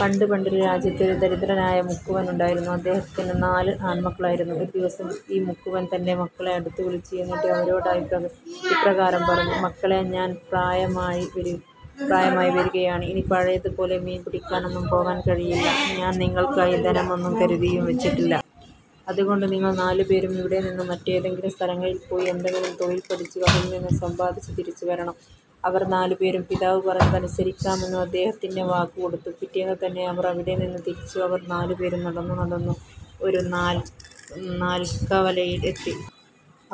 പണ്ടു പണ്ടൊരു രാജ്യത്ത് ഒരു ദരിദ്രനായ മുക്കുവൻ ഉണ്ടായിരുന്നു. അദ്ദേഹത്തിന് നാല് ആണ്മക്കളായിരുന്നു. ഒരു ദിവസം ഈ മുക്കുവൻ തന്റെ മക്കളെ അടുത്തു വിളിച്ചു. എന്നിട്ടു അവരോടായി ഇപ്രകാരം പറഞ്ഞു. "മക്കളെ, ഞാൻ പ്രായമായി വരുകയാണ്. ഇനി പഴയത് പോലെ മീൻപിടിക്കാനൊന്നും പോകാൻ കഴിയില്ല. ഞാൻ നിങ്ങൾക്കായി ധനമൊന്നും കരുതിയും വച്ചിട്ടില്ല. അതുകൊണ്ട് നിങ്ങൾ നാലു പേരും ഇവിടെ നിന്നും മറ്റേതെങ്കിലും സ്ഥലങ്ങളിൽ പോയി എന്തെങ്കിലും തൊഴിൽ പഠിച്ചു അതിൽ നിന്നും സമ്പാദിച്ചു തിരിച്ചു വരണം. " അവർ നാലുപേരും പിതാവ് പറഞ്ഞത് അനുസരിക്കാമെന്നു അദ്ദേഹത്തിന് വാക്ക് കൊടുത്തു. പിറ്റേന്ന് തന്നെ അവർ അവിടെ നിന്നും തിരിച്ചു. അവർ നാലു പേരും നടന്നു നടന്നു ഒരു നാൽക്കവലയിൽ എത്തി.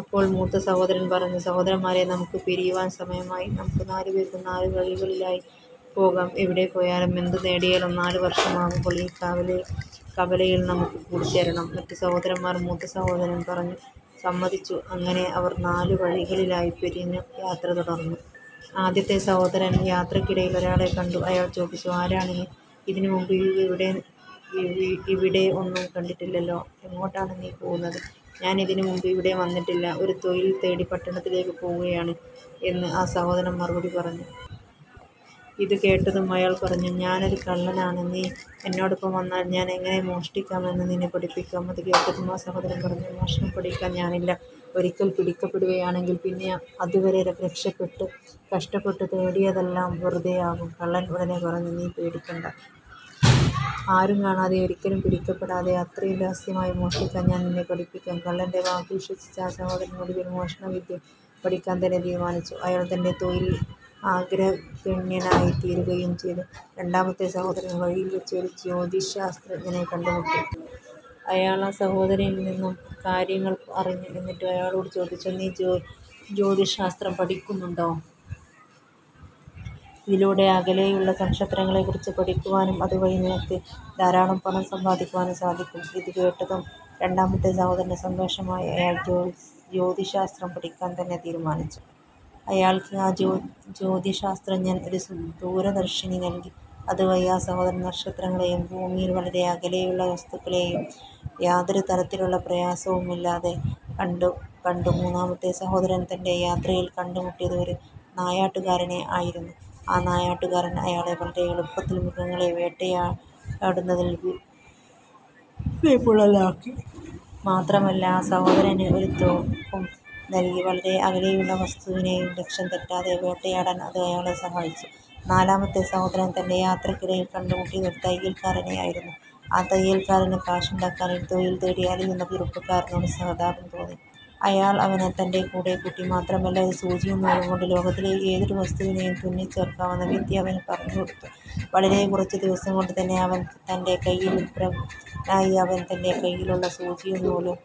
അപ്പോൾ മൂത്തസഹോദരൻ പറഞ്ഞു "സഹോദരന്മാരെ നമുക്ക് പിരിയുവാൻ സമയമായി. നമുക്ക് നാലുപേർക്കും നാല് വഴികളിലായി പോകാം. എവിടെ പോയാലും എന്തു നേടിയാലും നാലു വർഷം ആകുമ്പോൾ ഈ കവലയിൽ നമുക്ക് കൂടിച്ചേരണം. " മറ്റു സഹോദരന്മാർ മൂത്ത സഹോദരൻ പറഞ്ഞതു സമ്മതിച്ചു. അങ്ങനെ അവർ നാലു വഴികളിലായി പിരിഞ്ഞു യാത്ര തുടർന്നു. ആദ്യത്തെ സഹോദരൻ യാത്രക്കിടയിൽ ഒരാളെ കണ്ടു. അയാൾ ചോദിച്ചു "ആരാണ് നീ? ഇതിനു മുൻപ് ഇവിടെ ഒന്നും കണ്ടിട്ടില്ലലോ. എങ്ങോട്ടാണ് നീ പോകുന്നത്? "ഞാൻ ഇതിനു മുൻപ് ഇവിടെ വന്നിട്ടില്ല. ഒരു തൊഴിൽ തേടി പട്ടണത്തിലേക്ക് പോകുകയാണ്. " എന്ന് ആ സഹോദരൻ മറുപടി പറഞ്ഞു. ഇതു കേട്ടതും അയാൾ പറഞ്ഞു. "ഞാനൊരു കള്ളനാണ്. നീ എന്നോടൊപ്പം വന്നാൽ ഞാൻ എങ്ങനെ മോഷ്ടിക്കാം എന്നു നിന്നെ പഠിപ്പിക്കാം. " ഇതുകേട്ടതും ആ സഹോദരൻ പറഞ്ഞു "മോഷണം പഠിക്കാൻ ഞാനില്ല. ഒരിക്കൽ പിടിക്കപ്പെടുകയാണെങ്കിൽ പിന്നെ അതുവരെ കഷ്ടപ്പെട്ടു നേടിയതെല്ലാം വെറുതെ ആകും. " കള്ളൻ ഉടനെ പറഞ്ഞു "നീ പേടിക്കണ്ട. ആരും കാണാതെ ഒരിക്കലും പിടിക്കപ്പെടാതെ അത്രയും രഹസ്യമായി മോഷ്ടിക്കാൻ ഞാൻ നിന്നെ പഠിപ്പിക്കാം. " കള്ളന്റെ വാക്ക് വിശ്വസിച്ച ആ സഹോദരൻ ഒടുവിൽ മോഷണവിദ്യ പഠിക്കാൻ തന്നെ തീരുമാനിച്ചു. അയാൾ തന്റെ തൊഴിലിൽ ആഗ്രഗണ്യനായി തീരുകയും ചെയ്തു. രണ്ടാമത്തെ സഹോദരൻ വഴിയിൽ വച്ചു ഒരു ജ്യോതിശാസ്ത്രജ്ഞനെ കണ്ടുമുട്ടി. അയാൾ ആ സഹോദരനിൽ നിന്നും കാര്യങ്ങൾ അറിഞ്ഞു. എന്നിട്ടു അയാളോട് ചോദിച്ചു "നീ ജ്യോതിശാസ്ത്രം പഠിക്കുന്നോ? ഇതിലൂടെ അകലെയുള്ള നക്ഷത്രങ്ങളെ കുറിച്ചു പഠിക്കുവാനും അതുവഴി നിനക്ക് ധാരാളം പണം സമ്പാദിക്കുവാനും സാധിക്കും. " ഇതുകേട്ടതും രണ്ടാമത്തെ സഹോദരന് സന്തോഷമായി. അയാൾ ജ്യോതിശാസ്ത്രം പഠിക്കാൻ തന്നെ തീരുമാനിച്ചു. അയാൾക്ക് ആ ജ്യോതിശാസ്ത്രജ്ഞൻ ഒരു ദൂരദർശിനി നൽകി. അതുവഴി ആ സഹോദരൻ നക്ഷത്രങ്ങളെയും ഭൂമിയിൽ വളരെ അകലെയുള്ള വസ്തുക്കളെയും യാതൊരു തരത്തിലുള്ള പ്രയാസവുമില്ലാതെ കണ്ടു. മൂന്നാമത്തെ സഹോദരൻ തന്റെ യാത്രയിൽ കണ്ടുമുട്ടിയത് ഒരു നായാട്ടുകാരനെ ആയിരുന്നു. ആ നായാട്ടുകാരൻ അയാളെ വളരെ എളുപ്പത്തിൽ മൃഗങ്ങളെ വേട്ടയാടുന്നത്തിൽ നിപുണനാക്കി. മാത്രമല്ല ആ സഹോദരന് ഒരു തോക്കും നൽകി. വളരെ അകലെയുള്ള വസ്തുവിനെയും ലക്ഷ്യം തെറ്റാതെ വേട്ടയാടാൻ അത് അയാളെ സഹായിച്ചു. നാലാമത്തെ സഹോദരൻ തന്റെ യാത്രക്കിടയിൽ കണ്ടുമുട്ടിയത് ഒരു തയ്യൽക്കാരനെ ആയിരുന്നു. ആ തയ്യൽക്കാരന് കാശുണ്ടാക്കാൻ ഒരു തൊഴിൽ തേടി അലയുന്ന ചെറുപ്പക്കാരനോട് സഹതാപം തോന്നി. അയാൾ അവനെ തന്റെ കൂടെ കൂട്ടി. മാത്രമല്ല ഒരു സൂചിയും നൂലും കൊണ്ട് ലോകത്തിലെ ഏതൊരു വസ്തുവിനെയും തുന്നിച്ചേർക്കാവുന്ന വിദ്യ അവനു പറഞ്ഞു കൊടുത്തു. വളരെ കുറച്ചു ദിവസം കൊണ്ടു തന്നെ അവൻ തന്റെ കലയിൽ പ്രഗനായി. അവൻ തന്റെ കൈയിലുള്ള സൂചിയും നൂലും